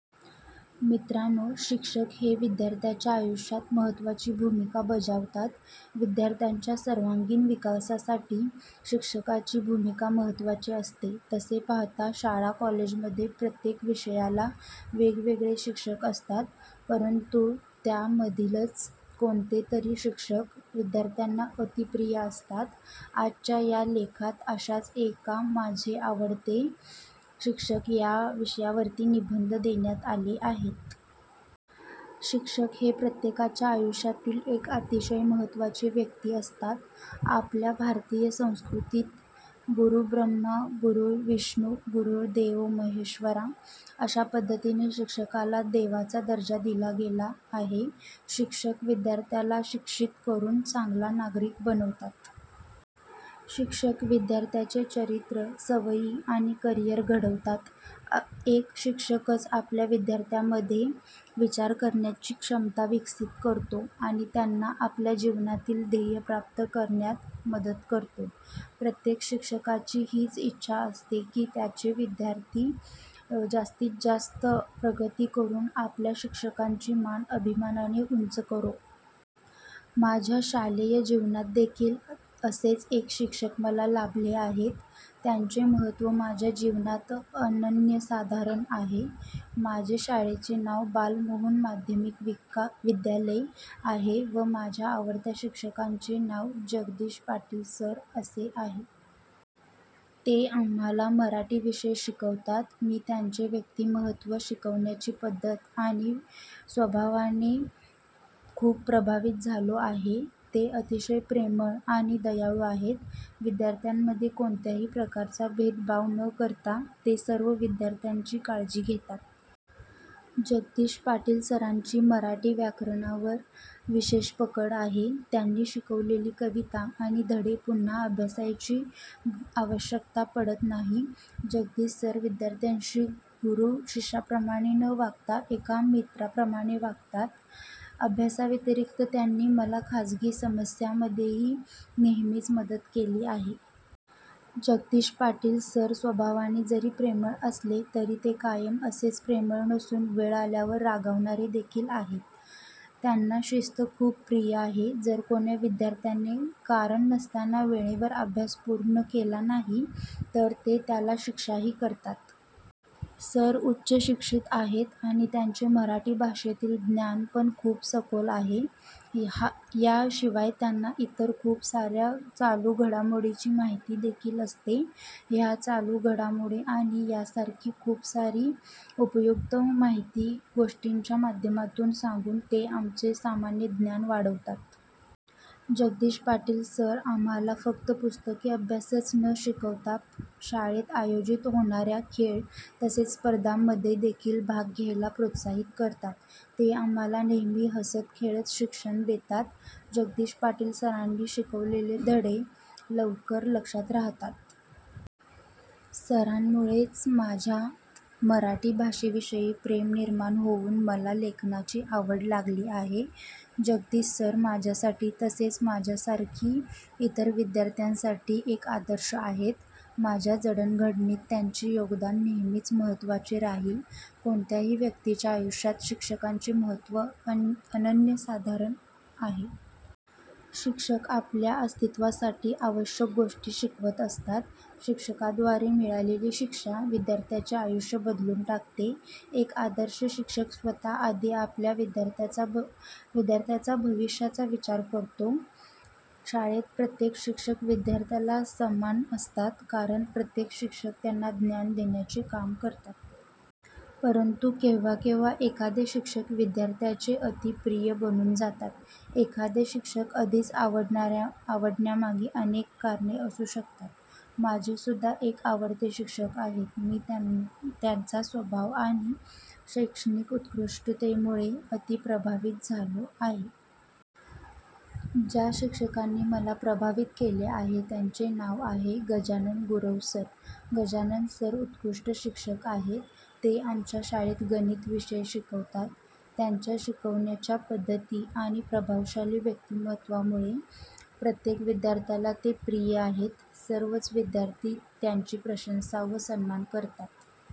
मित्रानो शिक्षक हे विद्यार्थ्यांच्या आयुष्यात महत्वाची भूमिका बजावतात. विद्यार्थ्यांच्या सर्वांगीण विकासासाठी शिक्षकाची भूमिका महत्वाची असते. तसे पाहता शाळा कॉलेजमध्ये प्रत्येक विषयाला वेगवेगळे शिक्षक असतात. परंतु त्यामधीलच कोणतेतरी शिक्षक विद्यार्थ्याना अतिप्रिय असतात. आजच्या या लेखात आशाच एका माझे आवडते शिक्षक या विषयावरील निबंध देण्यात आले आहेत. शिक्षक हे प्रत्येकाच्या आयुष्यातील एक अतिशय महत्त्वाचे व्यक्ती असतात. आपल्या भारतीय संस्कृतीत "गुरु ब्रह्मा गुरु विष्णु गुरु देवो महेश्वरा" अशा पद्धतीने शिक्षकाला देवाचा दर्जा दिला गेला आहे. शिक्षक विद्यार्थ्याला शिक्षित करून चांगला नागरिक बनवतात. शिक्षक विद्यार्थ्याचे चरित्र, सवयी आणि करिअर घडवितात. एक शिक्षकच आपल्या विद्यार्थ्यामध्ये विचार करण्याची क्षमता विकसित करतो. आणि त्यांना आपल्या जीवनातील ध्येय प्राप्त करण्यात मदत करतो. प्रत्येक शिक्षकाची हीच इच्छा असते की त्यांचे विद्यार्थी जास्तीत जास्त प्रगती करून आपल्या शिक्षकांची मान अभिमानाने उंच करो. माझ्या शालेय जीवनात देखील असेच एक शिक्षक मला लाभले आहेत, ज्यांचे महत्त्व माझ्या जीवनात अनन्यसाधारण आहे. माझे शाळेचे नाव बालमोहन माध्यमिक विद्यालय आहे व माझ्या आवडत्या शिक्षकांचे नाव जगदीश पाटील सर असे आहे. ते आम्हाला मराठी विषय शिकवतात. मी त्यांचे व्यक्तिमत्व, शिकवण्याची पद्धत आणि स्वभावाने खूप प्रभावित झालो आहे. ते अतिशय प्रेमळ आणि दयाळू आहेत. विद्यार्थ्यांमध्ये कोणत्याही प्रकारचा भेदभाव न करता ते सर्व विद्यार्थ्याची काळजी घेतात. जगदीश पाटील सरांची मराठी व्याकरणावर विशेष पकड आहे. त्यांनी शिकवलेली कविता आणि धडे पुन्हा अभ्यासायची आवश्यकता पडत नाही. जगदीश सर विद्यार्थ्यांशी गुरु शिष्याप्रमाणे न वागता एका मित्राप्रमाणे वागतात. अभ्यासाव्यतीरिक्त त्यांनी मला खाजगी समस्यामध्येही नेहमीच मदत केली आहे. जगदीश पाटील सर स्वभावाने जरी प्रेमळ असले. तरी ते कायम असेच प्रेमळ नसून वेळ आल्यावर रागावणारे देखील आहे. त्यांना शिस्त खूप प्रिय आहे. जर कोण्या विद्यार्थ्याने कारण नसतांना वेळेवर अभ्यास पूर्ण केला नाही तर ते त्याला शिक्षाही करतात. सर उच्च शिक्षित आहेत आणि त्यांचे मराठी भाषेतील ज्ञान पण खूप सखोल आहे. या शिवाय त्यांना इतर खूप साऱ्या चालू घडामोडीची माहिती देखील असते. ह्या चालू घडामोडी आणि यासारखी खूपसारी उपयुक्त माहिती गोष्टींच्या माध्यमाने सांगून ते आमचे सामान्य ज्ञान वाढवतात. जगदीश पाटील सर आम्हाला फक्त पुस्तकी अभ्यासच न शिकवता शाळेत आयोजित होणाऱ्या खेळ तसेच स्पर्धा मध्ये देखील भाग घ्यायला प्रोत्साहित करतात. ते आम्हाला नेहमी हसत खेळत शिक्षण देतात. जगदीश पाटील सरांनी शिकवलेले धडे लवकर लक्षात रहातात. सरांमुळेच माझ्यात मराठी भाषेविषयी प्रेम निर्माण होऊन मला लेखनाची आवड लागली आहे. जगदीश सर माझ्यासाठी तसेच माझ्यासारखी इतर विद्यार्थ्यांसाठी एक आदर्श आहेत. माझ्या जडणघडणीत त्यांचे योगदान नेहमीच महत्वाचे राहील. कोणत्याही व्यक्तीच्या आयुष्यात शिक्षकांचे महत्व अनन्यसाधारण आहे. शिक्षक आपल्या अस्तित्वासाठी आवश्यक गोष्टी शिकवत असतात. शिक्षकाद्वारे मिळालेली शिक्षा विद्यार्थ्याचे आयुष्य बदलून टाकते. एक आदर्श शिक्षक स्वतः आधी आपल्या विद्यार्थ्याचा भविष्याचा विचार करतो. शाळेत प्रत्येक शिक्षक विद्यार्थ्याला समान असतात कारण प्रत्येक शिक्षक त्यांना ज्ञान देण्याचे काम करतात. परंतु केव्हा केव्हा एखादे शिक्षक विद्यार्थ्याचे अती प्रिय बनून जातात. एखादे शिक्षक अधिक आवडण्यामागे अनेक कारणे असू शकतात. माझे सुद्धा एक आवडते शिक्षक आहेत, मी त्यांचा स्वभाव आणि शैक्षणिक उत्कृष्टेमुळे अती प्रभावित झालो आहे. ज्या शिक्षकांनी मला प्रभावित केले आहे त्यांचे नाव आहे गजानन गुरव सर. गजानन सर उत्कृष्ट शिक्षक आहेत. ते आमच्या शाळेत गणित विषय शिकवतात. त्यांच्या शिकवण्याच्या पद्धती आणि प्रभावशाली व्यक्तिमत्वामुळे प्रत्येक विद्यार्थ्याला ते प्रिय आहेत. सर्वच विद्यार्थी त्यांची प्रशंसा व सन्मान करतात.